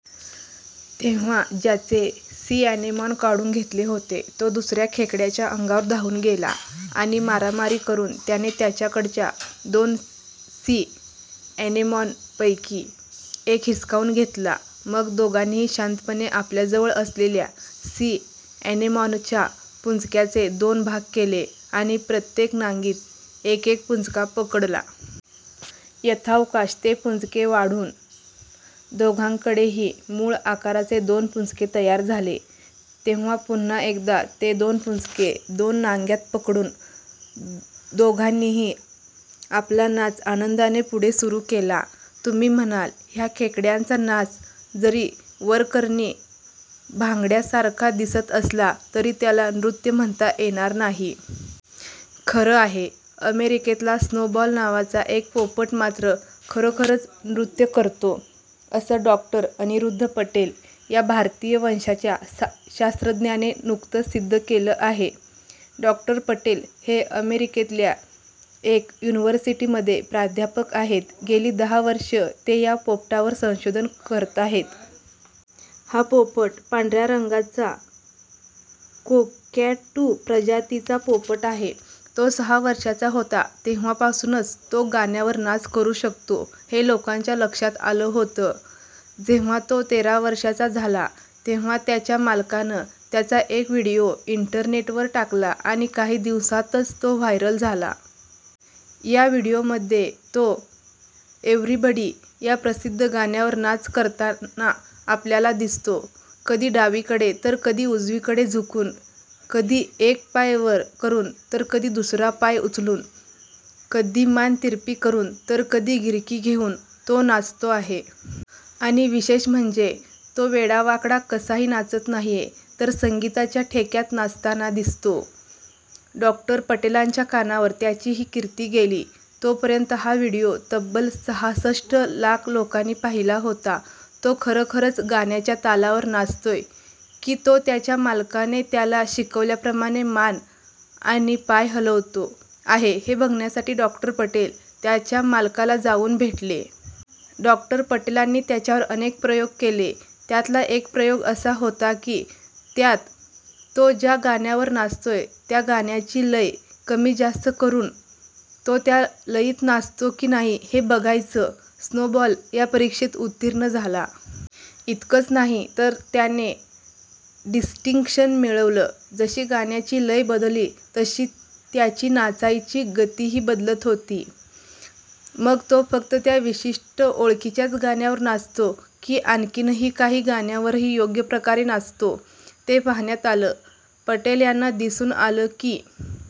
तेव्हा ज्याचे sea anemone काढून घेतले होते, तो दुसर्या खेकड्याच्या अंगावर धावून गेला आणि मारामारी करून त्याने त्याच्याकडच्या दोन सी अॅनेमॉनपैकी एक हिसकावून घेतला. मग दोघांनीही शांतपणे आपल्याजवळ असलेल्या सी अॅनेमॉनच्या पुंजक्याचे दोन भाग केले आणि प्रत्येक नांगीत एकेक पुंजका पकडला. यथावकाश ते पुंजके वाढून दोघांकडेही मूळ आकाराचे दोन पुंजके तयार झाले. तेव्हा पुन्हा एकदा ते दोन पुंजके दोन नांग्यांत पकडून दोघांनीही आपला नाच आनंदाने पुढे सुरू केला. तुम्ही म्हणाल, ह्या खेकड्यांचा नाच जरी वरकरणी भांगड्यासारखा दिसत असला तरी त्याला नृत्य म्हणता येणार नाही. खरं आहे. अमेरिकेतला स्नोबॉल नावाचा एक पोपट मात्र खरोखरच नृत्य करतो असं डॉ. अनिरुद्ध पटेल या भारतीय वंशाच्या शास्त्रज्ञाने नुकतंच सिद्ध केलं आहे. डॉ. पटेल हे अमेरिकेतल्या एका युनिव्हर्सिटीमध्ये प्राध्यापक आहेत. गेली दहा वर्षं ते या पोपटावर संशोधन करताहेत. हा पोपट पांढऱ्या रंगाचा कोकॅटू प्रजातीचा पोपट आहे. तो सहा वर्षाचा होता, तेव्हापासूनच तो गाण्यावर नाच करू शकतो हे लोकांच्या लक्षात आलं होतं. जेव्हा तो तेरा वर्षांचा झाला तेव्हा त्याच्या मालकानं त्याचा एक व्हिडिओ इंटरनेटवर टाकला आणि काही दिवसांतच तो व्हायरल झाला. या व्हिडिओमध्ये तो 'एव्हरीबडी' या प्रसिद्ध गाण्यावर नाच करताना आपल्याला दिसतो. कधी डावीकडे तर कधी उजवीकडे झुकून, कधी एक पाय वर करून तर कधी दुसरा पाय उचलून, कधी मान तिरपी करून तर कधी गिरकी घेऊन तो नाचतो आहे. आणि विशेष म्हणजे तो वेडावाकडा, कसाही नाचत नाहीये तर संगीताच्या ठेक्यात नाचताना दिसतो. डॉक्टर पटेलांच्या कानावर त्याची ही कीर्ती गेली, तोपर्यंत हा व्हिडिओ तब्बल सहासष्ट लाख लोकांनी पाहिला होता. तो खरोखरच गाण्याच्या तालावर नाचतोय, की तो त्याच्या मालकाने त्याला शिकवल्याप्रमाणे मान आणि पाय हलवतो आहे हे बघण्यासाठी डॉक्टर पटेल त्याच्या मालकाला जाऊन भेटले. डॉक्टर पटेलांनी त्याच्यावर अनेक प्रयोग केले. त्यातला एक प्रयोग असा होता की, त्यात तो ज्या गाण्यावर नाचतोय त्या गाण्याची लय कमीजास्त करून तो त्या लयीत नाचतो की नाही ते बघायचं. स्नोबॉल या परीक्षेत उत्तीर्ण झाला. इतकंच नाही तर त्याने डिस्टिंक्शन मिळवलं. जशी गाण्याची लय बदलली तशी त्याची नाचायची गतीही बदलत होती. मग तो फक्त त्या विशिष्ट, ओळखीच्याच गाण्यावर नाचतो की आणखीनही काही गाण्यांवरही योग्य प्रकारे नाचतो ते पाहण्यात आलं. पटेल यांना दिसून आलं की,